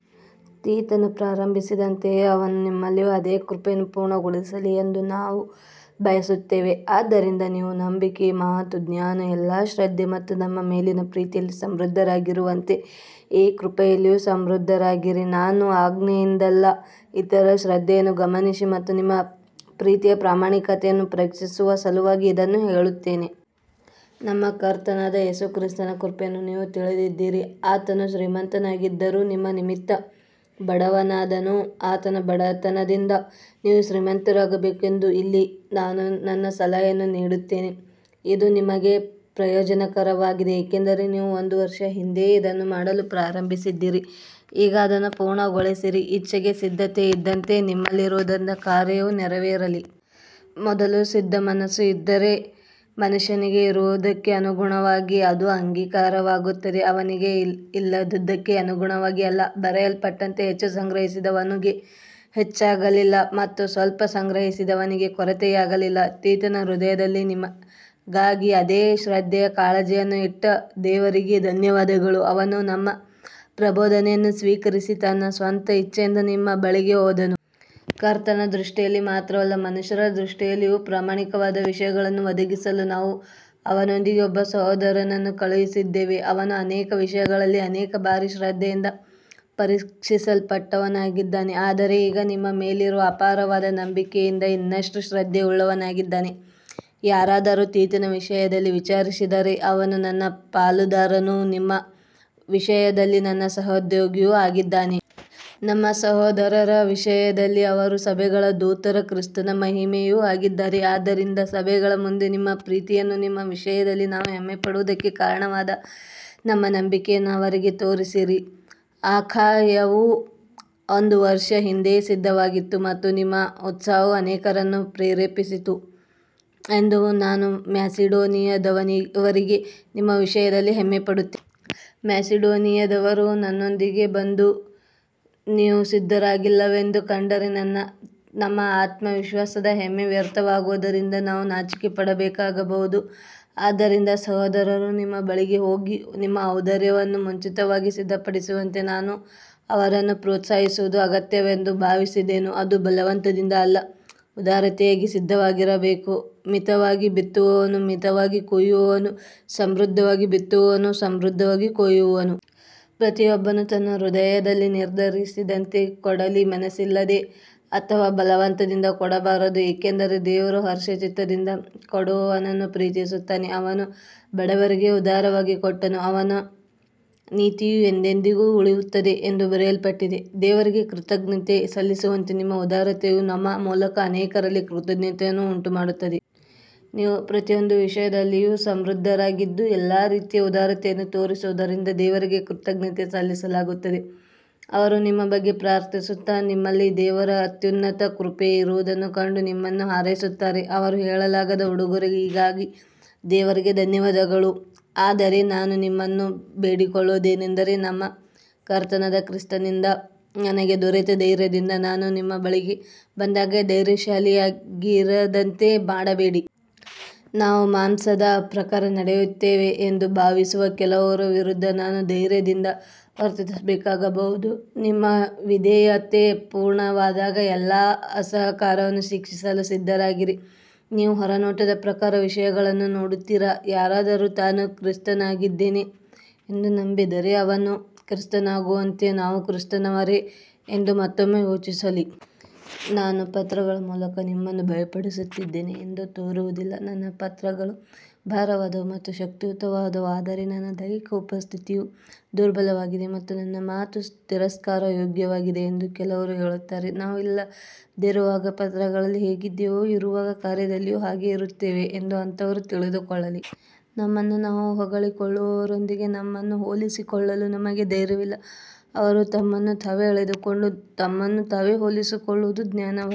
ತೀತನು ಪ್ರಾರಂಭಿಸಿದಂತೆಯೇ ಅವನು ನಿಮ್ಮಲ್ಲಿಯೂ ಅದೇ ಕೃಪೆಯನ್ನು ಪೂರ್ಣಗೊಳಿಸಲಿ ಎಂದು ನಾವು ಬಯಸುತ್ತೇವೆ. ಆದ್ದರಿಂದ ನೀವು ನಂಬಿಕೆ, ಮಾತು, ಜ್ಞಾನ, ಎಲ್ಲಾ ಶ್ರದ್ಧೆ ಮತ್ತು ನಮ್ಮ ಮೇಲಿನ ಪ್ರೀತಿಯಲ್ಲಿ ಸಮೃದ್ಧರಾಗಿರುವಂತೆ ಈ ಕೃಪೆಯಲ್ಲಿಯೂ ಸಮೃದ್ಧರಾಗಿರಿ. ನಾನು ಆಜ್ಞೆಯಿಂದಲ್ಲ, ಇತರರ ಶ್ರದ್ಧೆಯನ್ನು ಗಮನಿಸಿ ಮತ್ತು ನಿಮ್ಮ ಪ್ರೀತಿಯ ಪ್ರಾಮಾಣಿಕತೆಯನ್ನು ಪರೀಕ್ಷಿಸುವ ಸಲುವಾಗಿ ಇದನ್ನು ಹೇಳುತ್ತೇನೆ. ನಮ್ಮ ಕರ್ತನಾದ ಯೇಸು ಕ್ರಿಸ್ತನ ಕೃಪೆಯನ್ನು ನೀವು ತಿಳಿದಿದ್ದೀರಿ, ಆತನು ಶ್ರೀಮಂತನಾಗಿದ್ದರೂ ನಿಮ್ಮ ನಿಮಿತ್ತ ಬಡವನಾದನು, ಆತನ ಬಡತನದಿಂದ ನೀವು ಶ್ರೀಮಂತರಾಗಬೇಕೆಂದು. ಇಲ್ಲಿ ನಾನು ನನ್ನ ಸಲಹೆಯನ್ನು ನೀಡುತ್ತೇನೆ, ಇದು ನಿಮಗೆ ಪ್ರಯೋಜನಕರವಾಗಿದೆ, ಏಕೆಂದರೆ ನೀವು ಒಂದು ವರ್ಷ ಹಿಂದೆಯೇ ಇದನ್ನು ಮಾಡಲು ಪ್ರಾರಂಭಿಸಿದ್ದೀರಿ. ಈಗ ಅದನ್ನು ಪೂರ್ಣಗೊಳಿಸಿರಿ, ಇಚ್ಛೆಗೆ ಸಿದ್ಧತೆ ಇದ್ದಂತೆ ನಿಮ್ಮಲ್ಲಿರುವುದರಿಂದ ಕಾರ್ಯವೂ ನೆರವೇರಲಿ. ಮೊದಲು ಸಿದ್ಧಮನಸ್ಸು ಇದ್ದರೆ, ಮನುಷ್ಯನಿಗೆ ಇರುವುದಕ್ಕೆ ಅನುಗುಣವಾಗಿ ಅದು ಅಂಗೀಕಾರವಾಗುತ್ತದೆ, ಅವನಿಗೆ ಇಲ್ಲದುದಕ್ಕೆ ಅನುಗುಣವಾಗಿ ಅಲ್ಲ. ಬರೆಯಲ್ಪಟ್ಟಂತೆ, ಹೆಚ್ಚು ಸಂಗ್ರಹಿಸಿದವನಿಗೆ ಹೆಚ್ಚಾಗಲಿಲ್ಲ ಮತ್ತು ಸ್ವಲ್ಪ ಸಂಗ್ರಹಿಸಿದವನಿಗೆ ಕೊರತೆಯಾಗಲಿಲ್ಲ. ತೀತನ ಹೃದಯದಲ್ಲಿ ನಿಮ್ಮಿಗಾಗಿ ಅದೇ ಶ್ರದ್ಧೆಯ ಕಾಳಜಿಯನ್ನು ಇಟ್ಟ ದೇವರಿಗೆ ಧನ್ಯವಾದಗಳು. ಅವನು ನಮ್ಮ ಪ್ರಬೋಧನೆಯನ್ನು ಸ್ವೀಕರಿಸಿ ತನ್ನ ಸ್ವಂತ ಇಚ್ಛೆಯಿಂದ ನಿಮ್ಮ ಬಳಿಗೆ ಹೋದನು. ಕರ್ತನ ದೃಷ್ಟಿಯಲ್ಲಿ ಮಾತ್ರವಲ್ಲ, ಮನುಷ್ಯರ ದೃಷ್ಟಿಯಲ್ಲಿಯೂ ಪ್ರಾಮಾಣಿಕವಾದ ವಿಷಯಗಳನ್ನು ಒದಗಿಸಲು ನಾವು ಅವನೊಂದಿಗೆ ಒಬ್ಬ ಸಹೋದರನನ್ನು ಕಳುಹಿಸಿದ್ದೇವೆ. ಅವನು ಅನೇಕ ವಿಷಯಗಳಲ್ಲಿ ಅನೇಕ ಬಾರಿ ಶ್ರದ್ಧೆಯಿಂದ ಪರೀಕ್ಷಿಸಲ್ಪಟ್ಟವನಾಗಿದ್ದಾನೆ, ಆದರೆ ಈಗ ನಿಮ್ಮ ಮೇಲಿರುವ ಅಪಾರವಾದ ನಂಬಿಕೆಯಿಂದ ಇನ್ನಷ್ಟು ಶ್ರದ್ಧೆಯುಳ್ಳವನಾಗಿದ್ದಾನೆ. ಯಾರಾದರೂ ತೀತನ ವಿಷಯದಲ್ಲಿ ವಿಚಾರಿಸಿದರೆ, ಅವನು ನನ್ನ ಪಾಲುದಾರನೂ ನಿಮ್ಮ ವಿಷಯದಲ್ಲಿ ನನ್ನ ಸಹೋದ್ಯೋಗಿಯೂ ಆಗಿದ್ದಾನೆ. ನಮ್ಮ ಸಹೋದರರ ವಿಷಯದಲ್ಲಿ ಅವರು ಸಭೆಗಳ ದೂತರೂ ಕ್ರಿಸ್ತನ ಮಹಿಮೆಯೂ ಆಗಿದ್ದಾರೆ. ಆದ್ದರಿಂದ ಸಭೆಗಳ ಮುಂದೆ ನಿಮ್ಮ ಪ್ರೀತಿಯನ್ನೂ ನಿಮ್ಮ ವಿಷಯದಲ್ಲಿ ನಾವು ಹೆಮ್ಮೆಪಡುವುದಕ್ಕೆ ಕಾರಣವಾದ ನಮ್ಮ ನಂಬಿಕೆಯನ್ನೂ ಅವರಿಗೆ ತೋರಿಸಿರಿ. ಅಖಾಯವು ಒಂದು ವರ್ಷ ಹಿಂದೆಯೇ ಸಿದ್ಧವಾಗಿತ್ತು ಮತ್ತು ನಿಮ್ಮ ಉತ್ಸಾಹವು ಅನೇಕರನ್ನು ಪ್ರೇರೇಪಿಸಿತು ಎಂದು ನಾನು ಮ್ಯಾಸಿಡೋನಿಯದವರಿಗೆ ನಿಮ್ಮ ವಿಷಯದಲ್ಲಿ ಹೆಮ್ಮೆಪಡುತ್ತೇನೆ. ಮ್ಯಾಸಿಡೋನಿಯದವರು ನನ್ನೊಂದಿಗೆ ಬಂದು ನೀವು ಸಿದ್ಧರಾಗಿಲ್ಲವೆಂದು ಕಂಡರೆ, ನಮ್ಮ ಆತ್ಮವಿಶ್ವಾಸದ ಹೆಮ್ಮೆ ವ್ಯರ್ಥವಾಗುವುದರಿಂದ ನಾವು ನಾಚಿಕೆಪಡಬೇಕಾಗಬಹುದು. ಆದ್ದರಿಂದ ಸಹೋದರರು ನಿಮ್ಮ ಬಳಿಗೆ ಹೋಗಿ, ನಿಮ್ಮ ಔದಾರ್ಯವನ್ನು ಮುಂಚಿತವಾಗಿ ಸಿದ್ಧಪಡಿಸುವಂತೆ ನಾನು ಅವರನ್ನು ಪ್ರೋತ್ಸಾಹಿಸುವುದು ಅಗತ್ಯವೆಂದು ಭಾವಿಸಿದೆನು. ಅದು ಬಲವಂತದಿಂದ ಅಲ್ಲ, ಉದಾರತೆಯಾಗಿ ಸಿದ್ಧವಾಗಿರಬೇಕು. ಮಿತವಾಗಿ ಬಿತ್ತುವವನು ಮಿತವಾಗಿ ಕೊಯ್ಯುವನು, ಸಮೃದ್ಧವಾಗಿ ಬಿತ್ತುವವನು ಸಮೃದ್ಧವಾಗಿ ಕೊಯ್ಯುವನು. ಪ್ರತಿಯೊಬ್ಬನು ತನ್ನ ಹೃದಯದಲ್ಲಿ ನಿರ್ಧರಿಸಿದಂತೆ ಕೊಡಲಿ, ಮನಸ್ಸಿಲ್ಲದೆ ಅಥವಾ ಬಲವಂತದಿಂದ ಕೊಡಬಾರದು, ಏಕೆಂದರೆ ದೇವರು ಹರ್ಷಚಿತ್ತದಿಂದ ಕೊಡುವವನನ್ನು ಪ್ರೀತಿಸುತ್ತಾನೆ. ಅವನು ಬಡವರಿಗೆ ಉದಾರವಾಗಿ ಕೊಟ್ಟನು, ಅವನ ನೀತಿಯು ಎಂದೆಂದಿಗೂ ಉಳಿಯುತ್ತದೆ ಎಂದು ಬರೆಯಲ್ಪಟ್ಟಿದೆ. ದೇವರಿಗೆ ಕೃತಜ್ಞತೆ ಸಲ್ಲಿಸುವಂತೆ ನಿಮ್ಮ ಉದಾರತೆಯು ನಮ್ಮ ಮೂಲಕ ಅನೇಕರಲ್ಲಿ ಕೃತಜ್ಞತೆಯನ್ನು ಉಂಟುಮಾಡುತ್ತದೆ. ನೀವು ಪ್ರತಿಯೊಂದು ವಿಷಯದಲ್ಲಿಯೂ ಸಮೃದ್ಧರಾಗಿದ್ದು, ಎಲ್ಲಾ ರೀತಿಯ ಉದಾರತೆಯನ್ನು ತೋರಿಸುವುದರಿಂದ ದೇವರಿಗೆ ಕೃತಜ್ಞತೆ ಸಲ್ಲಿಸಲಾಗುತ್ತದೆ. ಅವರು ನಿಮ್ಮ ಬಗ್ಗೆ ಪ್ರಾರ್ಥಿಸುತ್ತಾ, ನಿಮ್ಮಲ್ಲಿ ದೇವರ ಅತ್ಯುನ್ನತ ಕೃಪೆ ಇರುವುದನ್ನು ಕಂಡು ನಿಮ್ಮನ್ನು ಹಾರೈಸುತ್ತಾರೆ. ಅವರ ಹೇಳಲಾಗದ ಉಡುಗೊರೆಯಿಗಾಗಿ ದೇವರಿಗೆ ಧನ್ಯವಾದಗಳು. ಆದರೆ ನಾನು ನಿಮ್ಮನ್ನು ಬೇಡಿಕೊಳ್ಳುವುದೇನೆಂದರೆ, ನಮ್ಮ ಕರ್ತನಾದ ಕ್ರಿಸ್ತನಿಂದ ನನಗೆ ದೊರೆತ ಧೈರ್ಯದಿಂದ ನಾನು ನಿಮ್ಮ ಬಳಿಗೆ ಬಂದಾಗ ಧೈರ್ಯಶಾಲಿಯಾಗಿರದಂತೆ ಮಾಡಬೇಡಿ. ನಾವು ಮಾಂಸದ ಪ್ರಕಾರ ನಡೆಯುತ್ತೇವೆ ಎಂದು ಭಾವಿಸುವ ಕೆಲವರ ವಿರುದ್ಧ ನಾನು ಧೈರ್ಯದಿಂದ ವರ್ತಿಸಬೇಕಾಗಬಹುದು. ನಿಮ್ಮ ವಿಧೇಯತೆ ಪೂರ್ಣವಾದಾಗ, ಎಲ್ಲಾ ಅಸಹಕಾರವನ್ನು ಶಿಕ್ಷಿಸಲು ಸಿದ್ಧರಾಗಿರಿ. ನೀವು ಹೊರನೋಟದ ಪ್ರಕಾರ ವಿಷಯಗಳನ್ನು ನೋಡುತ್ತೀರಾ. ಯಾರಾದರೂ ತಾನು ಕ್ರಿಸ್ತನವನಾಗಿದ್ದೇನೆ ಎಂದು ನಂಬಿದರೆ, ಅವನು ಕ್ರಿಸ್ತನವನಾಗಿರುವಂತೆ ನಾವೂ ಕ್ರಿಸ್ತನವರೇ ಎಂದು ಮತ್ತೊಮ್ಮೆ ಯೋಚಿಸಲಿ. ನಾನು ಪತ್ರಗಳ ಮೂಲಕ ನಿಮ್ಮನ್ನು ಭಯಪಡಿಸುತ್ತಿದ್ದೇನೆ ಎಂದು ತೋರುವುದಿಲ್ಲ. ನನ್ನ ಪತ್ರಗಳು ಭಾರವಾದವು ಮತ್ತು ಶಕ್ತಿಯುತವಾದವು, ಆದರೆ ನನ್ನ ದೈಹಿಕ ಉಪಸ್ಥಿತಿಯು ದುರ್ಬಲವಾಗಿದೆ ಮತ್ತು ನನ್ನ ಮಾತು ತಿರಸ್ಕಾರಯೋಗ್ಯವಾಗಿದೆ ಎಂದು ಕೆಲವರು ಹೇಳುತ್ತಾರೆ. ನಾವು ಇಲ್ಲದಿರುವಾಗ ಪತ್ರಗಳಲ್ಲಿ ಹೇಗಿದ್ದೇವೋ, ಇರುವಾಗ ಕಾರ್ಯದಲ್ಲಿಯೂ ಹಾಗೆಯೇ ಇರುತ್ತೇವೆ ಎಂದು ಅಂತಹವರು ತಿಳಿದುಕೊಳ್ಳಲಿ. ನಮ್ಮನ್ನು ನಾವು ಹೊಗಳಿಕೊಳ್ಳುವವರೊಂದಿಗೆ ನಮ್ಮನ್ನು ಹೋಲಿಸಿಕೊಳ್ಳಲು ನಮಗೆ ಧೈರ್ಯವಿಲ್ಲ. ಅವರು ತಮ್ಮನ್ನು ತಾವೇ ಅಳೆದುಕೊಂಡು ತಮ್ಮನ್ನು ತಾವೇ ಹೋಲಿಸಿಕೊಳ್ಳುವುದು ಜ್ಞಾನವಲ್ಲ.